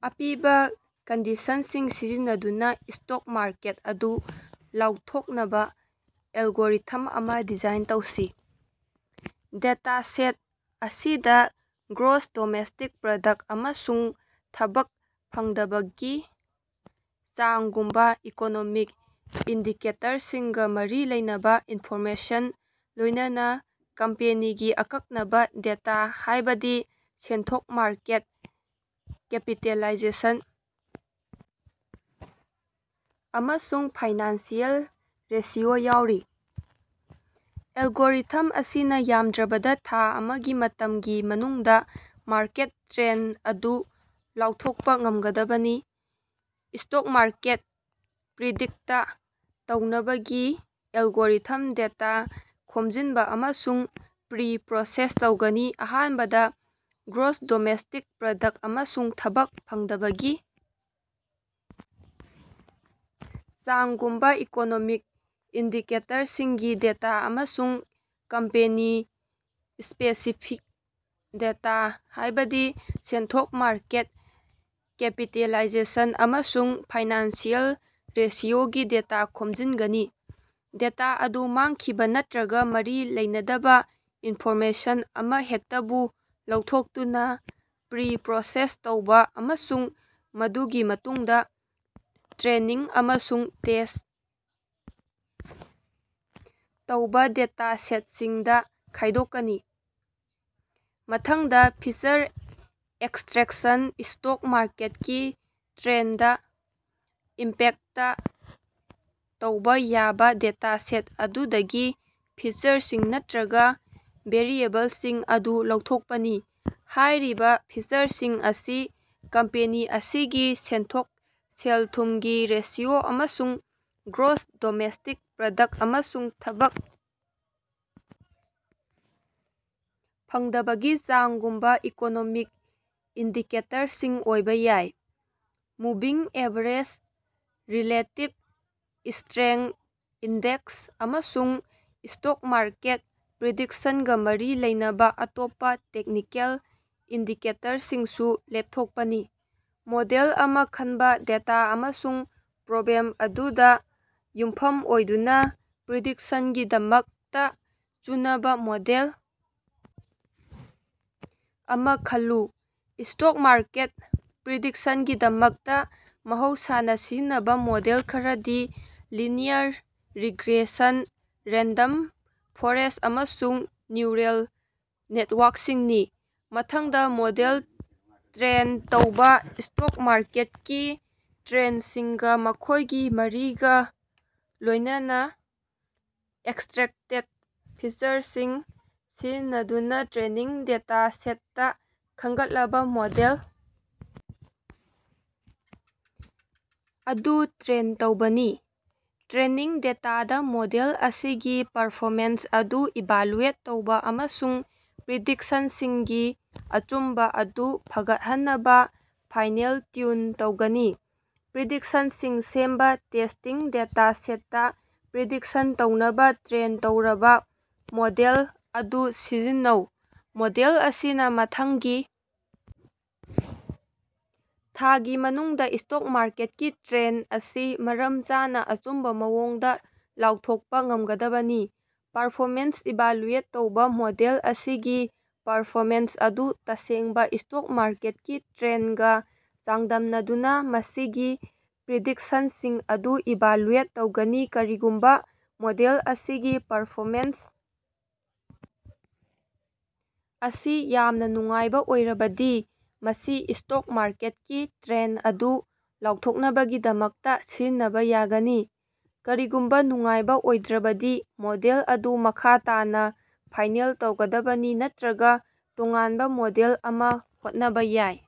ꯑꯄꯤꯕꯥ ꯀꯟꯗꯤꯁꯟꯁꯤꯡ ꯁꯤꯖꯤꯟꯅꯗꯨꯅꯥ stock market ꯑꯗꯨ ꯂꯥꯎꯊꯣꯛꯅꯕꯥ ꯑꯦꯜꯒꯣꯔꯤꯊꯝ ꯑꯃꯥ ꯗꯤꯖꯥꯏꯟ ꯇꯧꯁꯤ꯫ ꯗꯦꯇꯥꯁꯦꯠ ꯑꯁꯤꯗꯥ ꯒ꯭ꯔꯣꯖ ꯗꯣꯃꯦꯁꯇꯤꯛ ꯄ꯭ꯔꯗꯛ ꯑꯃꯁꯨꯡ ꯊꯕꯛ ꯐꯪꯗꯕꯒꯤ ꯆꯥꯡꯒꯨꯝꯕꯥ ꯏꯀꯣꯅꯣꯃꯤꯛ ꯏꯟꯗꯤꯀꯦꯇꯔꯁꯤꯡꯒꯥ ꯃꯔꯤ ꯂꯩꯅꯕꯥ ꯏꯟꯐꯣꯔꯃꯦꯁꯟ, ꯂꯣꯏꯅꯅꯥ ꯀꯝꯄꯦꯅꯤꯒꯤ ꯑꯀꯛꯅꯕꯥ ꯗꯦꯇꯥ ꯍꯥꯏꯕꯗꯤ ꯁꯦꯟꯊꯣꯛ, ꯃꯥꯔꯀꯦꯠ ꯀꯦꯄꯤꯇꯦꯂꯥꯏꯖꯦꯁꯟ ꯑꯃꯁꯨꯡ ꯐꯥꯏꯅꯥꯟꯁꯤꯑꯦꯜ ꯔꯦꯁꯤꯑꯣ ꯌꯥꯑꯣꯔꯤ꯫ ꯑꯦꯜꯒꯣꯔꯤꯊꯝ ꯑꯁꯤꯅꯥ ꯌꯥꯝꯗ꯭ꯔꯕꯗꯥ ꯊꯥ ꯑꯃꯒꯤ ꯃꯇꯝꯒꯤ ꯃꯅꯨꯡꯗꯥ ꯃꯥꯔꯀꯦꯠ ꯇ꯭ꯔꯦꯟꯗ ꯑꯗꯨ ꯂꯥꯎꯊꯣꯛꯄꯥ ꯉꯝꯒꯗꯕꯅꯤ꯫ ꯁ꯭ꯇꯣꯛ ꯃꯥꯔꯀꯦꯠ ꯄ꯭ꯔꯤꯗꯤꯛꯇ ꯇꯧꯅꯕꯒꯤ ꯑꯦꯜꯒꯣꯔꯤꯊꯝ ꯗꯦꯇꯥ ꯈꯣꯝꯖꯤꯟꯕꯥ ꯑꯃꯁꯨꯡ ꯄ꯭ꯔꯤ-ꯄ꯭ꯔꯣꯁꯦꯁ ꯇꯧꯒꯅꯤ꯫ ꯑꯍꯥꯟꯕꯗꯥ, ꯒ꯭ꯔꯣꯖ ꯗꯣꯃꯦꯁꯇꯤꯛ ꯄ꯭ꯔꯗꯛ ꯑꯃꯁꯨꯡ ꯊꯕꯛ ꯐꯪꯗꯕꯒꯤ ꯆꯥꯡꯒꯨꯝꯕꯥ ꯏꯀꯣꯅꯣꯃꯤꯛ ꯏꯟꯗꯤꯀꯦꯇꯔꯁꯤꯡꯒꯤ ꯗꯦꯇꯥ ꯑꯃꯁꯨꯡ ꯀꯝꯄꯦꯅꯤ-ꯁ꯭ꯄꯦꯁꯤꯐꯤꯛ ꯗꯦꯇꯥ ꯍꯥꯏꯕꯗꯤ ꯁꯦꯟꯊꯣꯛ, ꯃꯥꯔꯀꯦꯠ ꯀꯦꯄꯤꯇꯦꯂꯥꯏꯖꯦꯁꯟ ꯑꯃꯁꯨꯡ ꯐꯥꯏꯅꯥꯟꯁꯤꯑꯦꯜ ꯔꯦꯁꯤꯑꯣꯒꯤ ꯗꯦꯇꯥ ꯈꯣꯝꯖꯤꯟꯒꯅꯤ꯫ ꯗꯦꯇꯥ ꯑꯗꯨ ꯃꯥꯡꯈꯤꯕꯥ ꯅꯠꯇ꯭ꯔꯒꯥ ꯃꯔꯤ ꯂꯩꯅꯗꯕꯥ ꯏꯟꯐꯣꯔꯃꯦꯁꯟ ꯑꯃꯍꯦꯛꯇꯕꯨ ꯂꯧꯊꯣꯛꯇꯨꯅꯥ ꯄ꯭ꯔꯤ-ꯄ꯭ꯔꯣꯁꯦꯁ ꯇꯧꯕꯥ ꯑꯃꯁꯨꯡ ꯃꯗꯨꯒꯤ ꯃꯇꯨꯡꯗꯥ ꯇ꯭ꯔꯦꯅꯤꯡ ꯑꯃꯁꯨꯡ ꯇꯦꯁ ꯇꯧꯕꯥ ꯗꯦꯇꯥꯁꯦꯠꯁꯤꯡꯗꯥ ꯈꯥꯏꯗꯣꯛꯀꯅꯤ꯫ ꯃꯊꯪꯗ ꯐꯤꯆꯔ ꯑꯦꯛꯁꯇ꯭ꯔꯦꯛꯁꯟ ꯁ꯭ꯇꯣꯛ ꯃꯥꯔꯀꯦꯠꯀꯤ ꯇ꯭ꯔꯦꯟꯗꯗꯥ ꯏꯝꯄꯦꯛꯇ ꯇꯧꯕꯥ ꯌꯥꯕꯥ ꯗꯦꯇꯥꯁꯦꯠ ꯑꯗꯨꯗꯒꯤ ꯐꯤꯆꯔꯁꯤꯡ ꯅꯠꯇ꯭ꯔꯒꯥ ꯚꯦꯔꯤꯑꯦꯕꯜꯁꯤꯡ ꯑꯗꯨ ꯂꯧꯊꯣꯛꯄꯥꯅꯤ꯫ ꯍꯥꯏꯔꯤꯕꯥ ꯐꯤꯆꯔꯁꯤꯡ ꯑꯁꯤ ꯀꯝꯄꯦꯅꯤ ꯑꯁꯤꯒꯤ ꯁꯦꯟꯊꯣꯛ, ꯁꯦꯜ-ꯊꯨꯝꯒꯤ ꯔꯦꯁꯤꯑꯣ ꯑꯃꯁꯨꯡ ꯒ꯭ꯔꯣꯖ ꯗꯣꯃꯦꯁꯇꯤꯛ ꯄ꯭ꯔꯗꯛ ꯑꯃꯁꯨꯡ ꯊꯕꯛ ꯐꯪꯗꯕꯒꯤ ꯆꯥꯡꯒꯨꯝꯕꯥ ꯏꯀꯣꯅꯣꯃꯤꯛ ꯏꯟꯗꯤꯀꯦꯇꯔꯁꯤꯡ ꯑꯣꯏꯕꯥ ꯌꯥꯏ꯫ Moving average, relative strength index, ꯑꯃꯁꯨꯡ ꯁ꯭ꯇꯣꯛ ꯃꯥꯔꯀꯦꯠ ꯄ꯭ꯔꯤꯗꯤꯛꯁꯟꯒꯥ ꯃꯔꯤ ꯂꯩꯅꯕꯥ ꯑꯇꯣꯞꯄꯥ ꯇꯦꯛꯅꯤꯀꯦꯜ ꯏꯟꯗꯤꯀꯦꯇꯔꯁꯤꯡꯁꯨ ꯂꯦꯞꯊꯣꯛꯄꯅꯤ꯫ ꯃꯣꯗꯦꯜ ꯑꯃꯥ ꯈꯟꯕꯥ ꯗꯦꯇꯥ ꯑꯃꯁꯨꯡ ꯄ꯭ꯔꯣꯕ꯭ꯂꯦꯝ ꯑꯗꯨꯗꯥ ꯌꯨꯝꯐꯝ ꯑꯣꯏꯗꯨꯅꯥ ꯄ꯭ꯔꯤꯗꯤꯛꯁꯟꯒꯤꯗꯃꯛꯇꯥ ꯆꯨꯅꯕꯥ ꯃꯣꯗꯦꯜ ꯑꯃꯥ ꯈꯜꯂꯨ꯫ ꯁ꯭ꯇꯣꯛ ꯃꯥꯔꯀꯦꯠ ꯄ꯭ꯔꯤꯗꯤꯛꯁꯟꯒꯤꯗꯃꯛꯇꯥ ꯃꯍꯧꯁꯥꯅꯥ ꯁꯤꯖꯤꯟꯅꯕꯥ ꯃꯣꯗꯦꯜ ꯈꯔꯗꯤ ꯂꯤꯅꯤꯌꯔ ꯔꯤꯒ꯭ꯔꯦꯁꯟ, ꯔꯦꯟꯗꯝ ꯐꯣꯔꯦꯁ ꯑꯃꯁꯨꯡ ꯅ꯭ꯌꯨꯔꯦꯜ ꯅꯦꯠꯋꯥꯛꯁꯤꯡꯅꯤ꯫ ꯃꯊꯪꯗ ꯃꯣꯗꯦꯜ ꯇ꯭ꯔꯦꯟ ꯇꯧꯕꯥ, ꯁ꯭ꯇꯣꯛ ꯃꯥꯔꯀꯦꯠꯀꯤ ꯇ꯭ꯔꯦꯟꯗꯁꯤꯡꯒꯥ ꯃꯈꯣꯏꯒꯤ ꯃꯔꯤꯒꯥ ꯂꯣꯏꯅꯅꯥ ꯑꯦꯛꯁꯇ꯭ꯔꯦꯛꯇꯦꯗ ꯐꯤꯆꯔꯁꯤꯡ ꯁꯤꯖꯤꯟꯅꯗꯨꯅꯥ ꯇ꯭ꯔꯦꯅꯤꯡ ꯗꯦꯇꯥꯁꯦꯠꯇꯥ ꯈꯟꯒꯠꯂꯕꯥ ꯃꯣꯗꯦꯜ ꯑꯗꯨ ꯇ꯭ꯔꯦꯟ ꯇꯧꯕꯥꯅꯤ꯫ ꯇ꯭ꯔꯦꯅꯤꯡ ꯗꯦꯇꯥꯗ ꯃꯣꯗꯦꯜ ꯑꯁꯤꯒꯤ ꯄꯔꯐꯣꯃꯦꯟꯁ ꯑꯗꯨ ꯏꯚꯥꯂꯨꯑꯦꯠ ꯇꯧꯕꯥ ꯑꯃꯁꯨꯡ ꯄ꯭ꯔꯤꯗꯤꯛꯁꯟꯁꯤꯡꯒꯤ ꯑꯆꯨꯝꯕꯥ ꯑꯗꯨ ꯐꯒꯠꯍꯟꯅꯕꯥ ꯐꯥꯏꯅꯦꯜ ꯇ꯭ꯌꯨꯟ ꯇꯧꯒꯅꯤ꯫ ꯄ꯭ꯔꯤꯗꯤꯛꯁꯟꯁꯤꯡ ꯁꯦꯝꯕꯥ ꯇꯦꯁꯇꯤꯡ ꯗꯦꯇꯥꯁꯦꯠꯇꯥ ꯄ꯭ꯔꯤꯗꯤꯛꯁꯟ ꯇꯧꯅꯕꯥ ꯇ꯭ꯔꯦꯟ ꯇꯧꯔꯕꯥ ꯃꯣꯗꯦꯜ ꯑꯗꯨ ꯁꯤꯖꯤꯟꯅꯧ꯫ ꯃꯣꯗꯦꯜ ꯑꯁꯤꯅꯥ ꯃꯊꯪꯒꯤ ꯊꯥꯒꯤ ꯃꯅꯨꯡꯗꯥ ꯁ꯭ꯇꯣꯛ ꯃꯥꯔꯀꯦꯠꯀꯤ ꯇ꯭ꯔꯦꯟꯗ ꯑꯁꯤ ꯃꯔꯝ ꯆꯥꯅꯥ ꯑꯆꯨꯝꯕꯥ ꯃꯑꯣꯡꯗꯥ ꯂꯥꯎꯊꯣꯛꯄꯥ ꯉꯝꯒꯗꯕꯅꯤ꯫ ꯄꯥꯔꯐꯣꯔꯃꯦꯟꯁ ꯏꯚꯥꯂꯨꯑꯦꯠ ꯇꯧꯕꯥ ꯃꯣꯗꯦꯜ ꯑꯁꯤꯒꯤ ꯄꯔꯐꯣꯃꯦꯟꯁ ꯑꯗꯨ ꯇꯁꯦꯡꯕꯥ ꯁ꯭ꯇꯣꯛ ꯃꯥꯔꯀꯦꯠꯀꯤ ꯇ꯭ꯔꯦꯟꯗꯒꯥ ꯆꯥꯡꯗꯝꯅꯗꯨꯅꯥ ꯃꯁꯤꯒꯤ ꯄ꯭ꯔꯤꯗꯤꯛꯁꯟꯁꯤꯡ ꯑꯗꯨ ꯏꯚꯥꯂꯨꯑꯦꯠ ꯇꯧꯒꯅꯤ꯫ ꯀꯔꯤꯒꯨꯝꯕꯥ ꯃꯣꯗꯦꯜ ꯑꯁꯤꯒꯤ ꯄꯔꯐꯣꯃꯦꯟꯁ ꯑꯁꯤ ꯌꯥꯝꯅꯥ ꯅꯨꯡꯉꯥꯏꯕꯥ ꯑꯣꯏꯔꯕꯗꯤ ꯃꯁꯤ ꯁ꯭ꯇꯣꯛ ꯃꯥꯔꯀꯦꯠꯀꯤ ꯇ꯭ꯔꯦꯟꯗ ꯑꯗꯨ ꯂꯥꯎꯊꯣꯛꯅꯕꯒꯤꯗꯃꯛꯇꯥ ꯁꯤꯖꯤꯟꯅꯕꯥ ꯌꯥꯒꯅꯤ꯫ ꯀꯔꯤꯒꯨꯝꯕꯥ ꯅꯨꯡꯉꯥꯏꯕ ꯑꯣꯏꯗ꯭ꯔꯕꯗꯤ ꯃꯣꯗꯦꯜ ꯑꯗꯨ ꯃꯈꯥ ꯇꯥꯅꯥ ꯐꯥꯏꯅꯦꯜ ꯇꯧꯒꯗꯕꯅꯤ ꯅꯠꯇ꯭ꯔꯒꯥ ꯇꯣꯉꯥꯟꯕꯥ ꯃꯣꯗꯦꯜ ꯑꯃꯥ ꯍꯣꯠꯅꯕꯥ ꯌꯥꯏ꯫